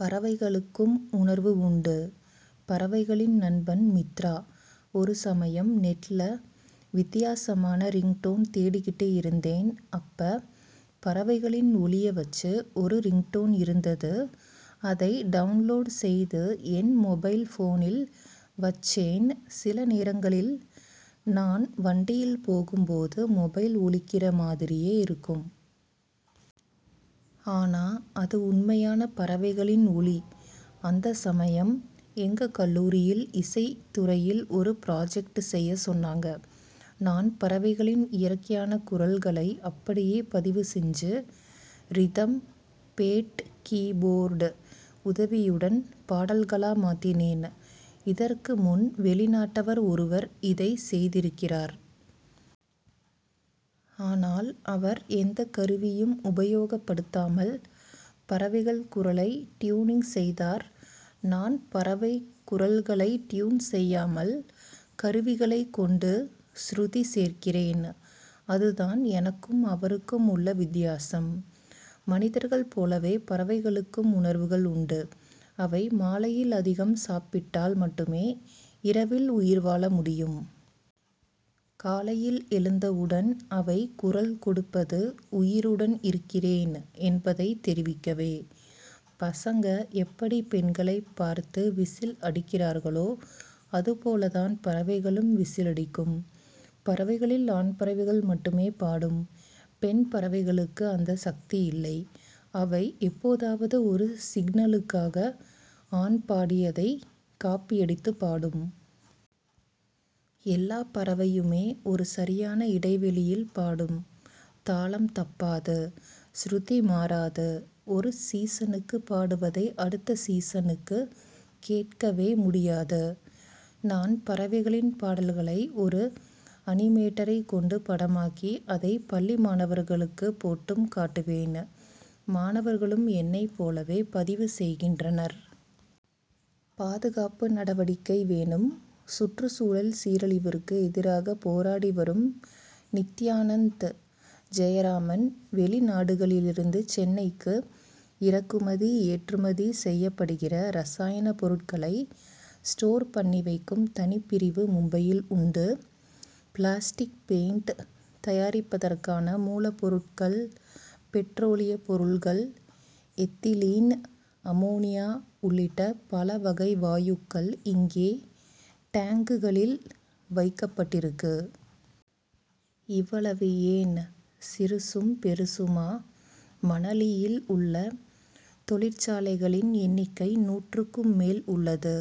பறவைகளுக்கும் உணர்வு உண்டு: பறவைகளின் நண்பன் மித்ரா: ஒரு சமயம், நெட்ல வித்தியாசமான ரிங்டோன் தேடிக்கிட்டு இருந்தேன். அப்ப, பறவைகளின் ஒலிய வச்சு ஒரு ரிங்டோன் இருந்தது. அதை டவுன்லோட் செய்து, என் மொபைல் போனில் வச்சேன். சில நேரங்களில் நான் வண்டியில் போகும்போது, மொபைல் ஒலிக்கிற மாதிரியே இருக்கும். ஆனா, அது உண்மையான பறவைகளின் ஒலி. அந்த சமயம், எங்க கல்லூரியில் இசைத் துறையில் ஒரு புராஜெக்ட் செய்ய சொன்னாங்க. நான் பறவைகளின் இயற்கையான குரல்களை அப்படியே பதிவு செஞ்சு, ரிதம் பேட் கீ போர்ட் உதவியுடன் பாடல்களா மாத்தினேன். இதற்கு முன், வெளிநாட்டவர் ஒருவர் இதை செய்திருக்கிறார். ஆனால், அவர் எந்தக் கருவியும் உபயோகப்படுத்தாமல், பறவைகள் குரலை டியூனிங் செய்தார். நான் பறவைக் குரல்களை டியூன் செய்யாமல், கருவிகளைக் கொண்டு ஸ்ருதி சேர்க்கிறேன். அது தான் எனக்கும், அவருக்கும் உள்ள வித்தியாசம். மனிதர்கள் போலவே, பறவைகளுக்கும் உணர்வுகள் உண்டு. அவை மாலையில் அதிகம் சாப்பிட்டால் மட்டுமே, இரவில் உயிர் வாழ முடியும். காலையில் எழுந்தவுடன் அவை குரல் கொடுப்பது, உயிருடன் இருக்கிறேன் என்பதை தெரிவிக்கவே! பசங்க எப்படி பெண்களைப் பார்த்து விசில் அடிக்கிறார்களோ, அது போல தான் பறவைகளும், விசில் அடிக்கும். பறவைகளில் ஆண் பறவைகள் மட்டுமே பாடும். பெண் பறவைகளுக்கு அந்த சக்தி இல்லை. அவை எப்போதாவது ஒரு சிக்னலுக்காக, ஆண் பாடியதைக் காப்பியடித்துப் பாடும். எல்லா பறவையுமே ஒரு சரியான இடைவெளியில் பாடும். தாளம் தப்பாது, ஸ்ருதி மாறாது, ஒரு சீசனுக்குப் பாடுவதை, அடுத்த சீசனுக்கு கேட்கவே முடியாது. நான் பறவைகளின் பாடல்களை ஒரு அனிமேட்டரைக் கொண்டு படமாக்கி, அதை பள்ளி மாணவர்களுக்கு போட்டும் காட்டுவேன். மாணவர்களும் என்னைப் போலவே பதிவு செய்கின்றனர். பாதுகாப்பு நடவடிக்கை வேணும்: சுற்றுச்சூழல் சீரழிவிற்கு எதிராகப் போராடி வரும் நித்யானந்த் ஜெயராமன்: வெளிநாடுகளிலிருந்து சென்னைக்கு இறக்குமதி, ஏற்றுமதி செய்யப்படுகிற ரசாயனப் பொருட்களை ஸ்டோர் பண்ணி வைக்கும் தனிப்பிரிவு மும்பையில் உண்டு. பிளாஸ்டிக், பெயின்ட் தயாரிப்பதற்கான மூலப்பொருட்கள், பெட்ரோலியப் பொருள்கள், எத்திலீன், அமோனியா உள்ளிட்ட பல வகை வாயுக்கள் இங்கே டேங்குகளில் வைக்கப்பட்டிருக்கு. இவ்வளவு ஏன் சிறுசும், பெருசுமா மணலியில் உள்ள தொழிற்சாலைகளின் எண்ணிக்கை நூற்றுக்கும் மேல் உள்ளது.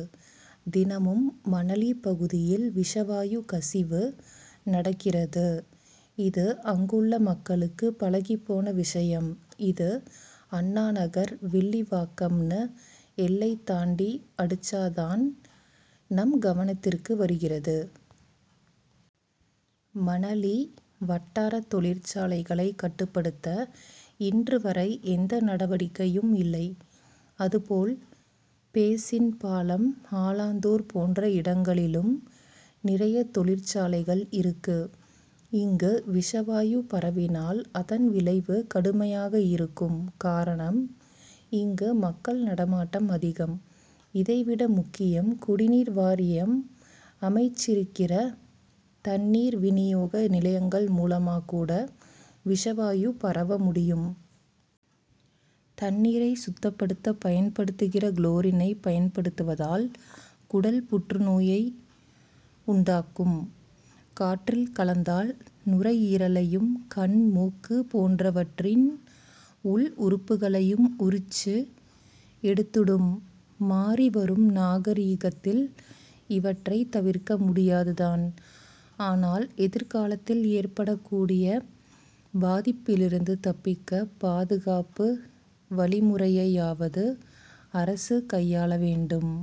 தினமும், மணலி பகுதியில் விஷ வாயு கசிவு நடக்கிறது இது அங்குள்ள மக்களுக்கு பழகிப் போன விஷயம். இது, அண்ணா நகர், வில்லிவாக்கம்ன்னு எல்லை தாண்டி அடிச்சா தான் நம் கவனத்திற்கு வருகிறது. மணலி வட்டாரத் தொழிற்சாலைகளைக் கட்டுப்படுத்த, இன்று வரை எந்த நடவடிக்கையும் இல்லை. அதுபோல், பேசின் பாலம், ஆலந்தூர் போன்ற இடங்களிலும் நிறைய தொழிற்சாலைகள் இருக்கு; இங்கு விஷவாயு பரவினால், அதன் விளைவு கடுமையாக இருக்கும். காரணம் இங்கு மக்கள் நடமாட்டம் அதிகம். இதை விட முக்கியம், குடிநீர் வாரியம் அமைச்சிருக்கிற தண்ணீர் வினியோக நிலையங்கள் மூலமா கூட விஷவாயு பரவ முடியும். தண்ணீரை சுத்தப்படுத்த பயன்படுத்துற குளோரினை பயன்படுத்துவதால், குடல் புற்று நோயை உண்டாக்கும். காற்றில் கலந்தால், நுரையீரலையும் கண், மூக்கு போன்றவற்றின் உள் உறுப்புகளையும் உரிச்சு எடுத்துடும். மாறிவரும் நாகரிகத்தில் இவற்றை தவிர்க்க முடியாது தான்; ஆனால், எதிர்காலத்தில் ஏற்படக்கூடிய பாதிப்பிலிருந்து தப்பிக்க, பாதுகாப்பு வழிமுறையையாவது அரசு கையாள வேண்டும்.